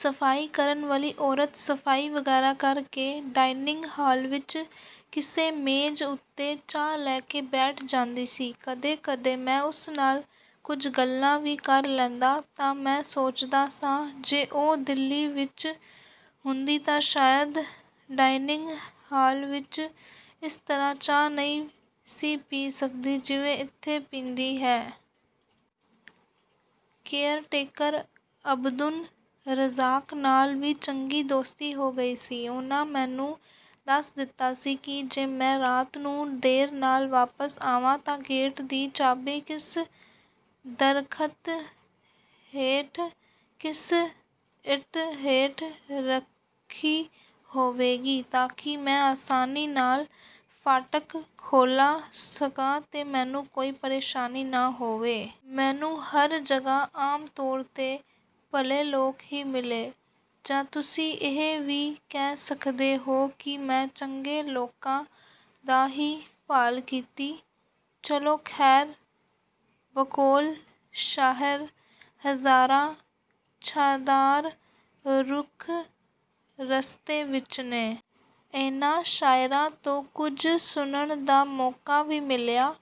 ਸਫ਼ਾਈ ਕਰਨ ਵਾਲੀ ਔਰਤ ਸਫ਼ਾਈ ਵਗੈਰਾ ਕਰਕੇ ਡਾਇਨਿੰਗ ਹਾਲ ਵਿਚ ਕਿਸੇ ਮੇਜ਼ ਉੱਤੇ ਚਾਹ ਲੈ ਕੇ ਬੈਠ ਜਾਂਦੀ ਸੀ। ਕਦੇ-ਕਦੇ ਮੈਂ ਉਸ ਨਾਲ ਕੁਝ ਗੱਲਾਂ ਵੀ ਕਰ ਲੈਂਦਾ ਤਾ ਮੈਂ ਸੋਚਦਾ ਸਾਂ, ਜੇ ਉਹ ਦਿੱਲੀ ਵਿਚ ਹੁੰਦੀ ਤਾਂ ਸ਼ਾਇਦ ਡਾਇਨਿੰਗ ਹਾਲ ਵਿਚ ਇਸ ਤਰ੍ਹਾਂ ਚਾਹ ਨਹੀਂ ਸੀ ਪੀ ਸਕਦੀ, ਜਿਵੇਂ ਇੱਥੇ ਪੀਂਦੀ ਹੈ। ਕੇਅਰਟੇਕਰ ਅਬਦੁਨ ਰੱਜ਼ਾਕ ਨਾਲ ਵੀ ਚੰਗੀ ਦੋਸਤੀ ਹੋ ਗਈ ਸੀ। ਉਹਨਾਂ ਮੈਨੂੰ ਦੱਸ ਦਿੱਤਾ ਸੀ ਕਿ ਜੇ ਮੈਂ ਰਾਤ ਨੂੰ ਦੇਰ ਨਾਲ ਵਾਪਸ ਆਵਾਂ ਤਾਂ ਗੇਟ ਦੀ ਚਾਬੀ ਕਿਸ ਦਰਖ਼ਤ ਹੇਠ, ਕਿਸ ਇੱਟ ਹੇਠ ਰੱਖੀ ਹੋਵੇਗੀ, ਤਾਂ ਕਿ ਮੈਂ ਆਸਾਨੀ ਨਾਲ ਫਾਟਕ ਖੋਲ੍ਹ ਸਕਾਂ ਤੇ ਮੈਨੂੰ ਕੋਈ ਪ੍ਰੇਸ਼ਾਨੀ ਨਾ ਹੋਵੇ। ਮੈਨੂੰ ਹਰ ਜਗ੍ਹਾ ਆਮ ਤੌਰ 'ਤੇ ਭਲੇ ਲੋਕ ਹੀ ਮਿਲੇ। ਜਾਂ ਤੁਸੀਂ ਇਹ ਵੀ ਕਹਿ ਸਕਦੇ ਹੋ ਕਿ ਮੈਂ ਚੰਗੇ ਲੋਕਾਂ ਦਾ ਹੀ ਭਾਲ ਕੀਤੀ। ਚਲੋ ਖ਼ੈਰ, ਬਕੌਲ ਸ਼ਾਇਰ, "ਹਜ਼ਾਰਾਂ ਛਾਂਦਾਰ ਰੁੱਖ ਰਸਤੇ ਵਿਚ ਨੇ।" ਇਹਨਾਂ ਸ਼ਾਇਰਾਂ ਤੋਂ ਕੁਝ ਸੁਣਨ ਦਾ ਮੌਕਾ ਵੀ ਮਿਲਿਆ।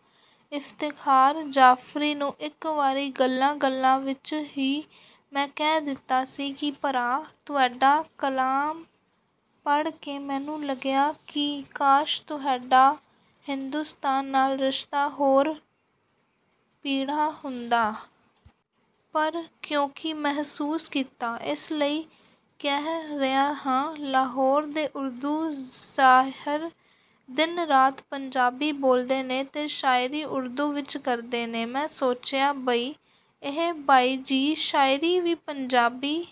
ਇਫ਼ਤਿਖਾਰ ਜਾਫ਼ਰੀ ਨੂੰ ਇਕ ਵਾਰੀ ਗੱਲਾਂ-ਗੱਲਾਂ ਵਿਚ ਹੀ ਮੈਂ ਕਹਿ ਦਿੱਤਾ ਸੀ ਕਿ, "ਭਰਾ, ਤੁਹਾਡਾ ਕਲਾਮ ਪੜ੍ਹ ਕੇ ਮੈਨੂੰ ਲੱਗਿਆ ਕਿ ਕਾਸ਼ ਤੁਹਾਡਾ ਹਿੰਦੁਸਤਾਨ ਨਾਲ ਰਿਸ਼ਤਾ ਹੋਰ ਪੀੜ੍ਹਾ ਹੁੰਦਾ।" ਪਰ ਕਿਉਂਕਿ ਮਹਿਸੂਸ ਕੀਤਾ, ਇਸ ਲਈ ਕਹਿ ਰਿਹਾ ਹਾਂ। ਲਾਹੌਰ ਦੇ ਉਰਦੂ ਸ਼ਾਇਰ ਦਿਨ-ਰਾਤ ਪੰਜਾਬੀ ਬੋਲਦੇ ਨੇ ਤੇ ਸ਼ਾਇਰੀ ਉਰਦੂ ਵਿਚ ਕਰਦੇ ਨੇ। ਮੈਂ ਸੋਚਿਆ, "ਬਈ, ਇਹ ਬਾਈ-ਜੀ, ਸ਼ਾਇਰੀ ਵੀ ਪੰਜਾਬੀ...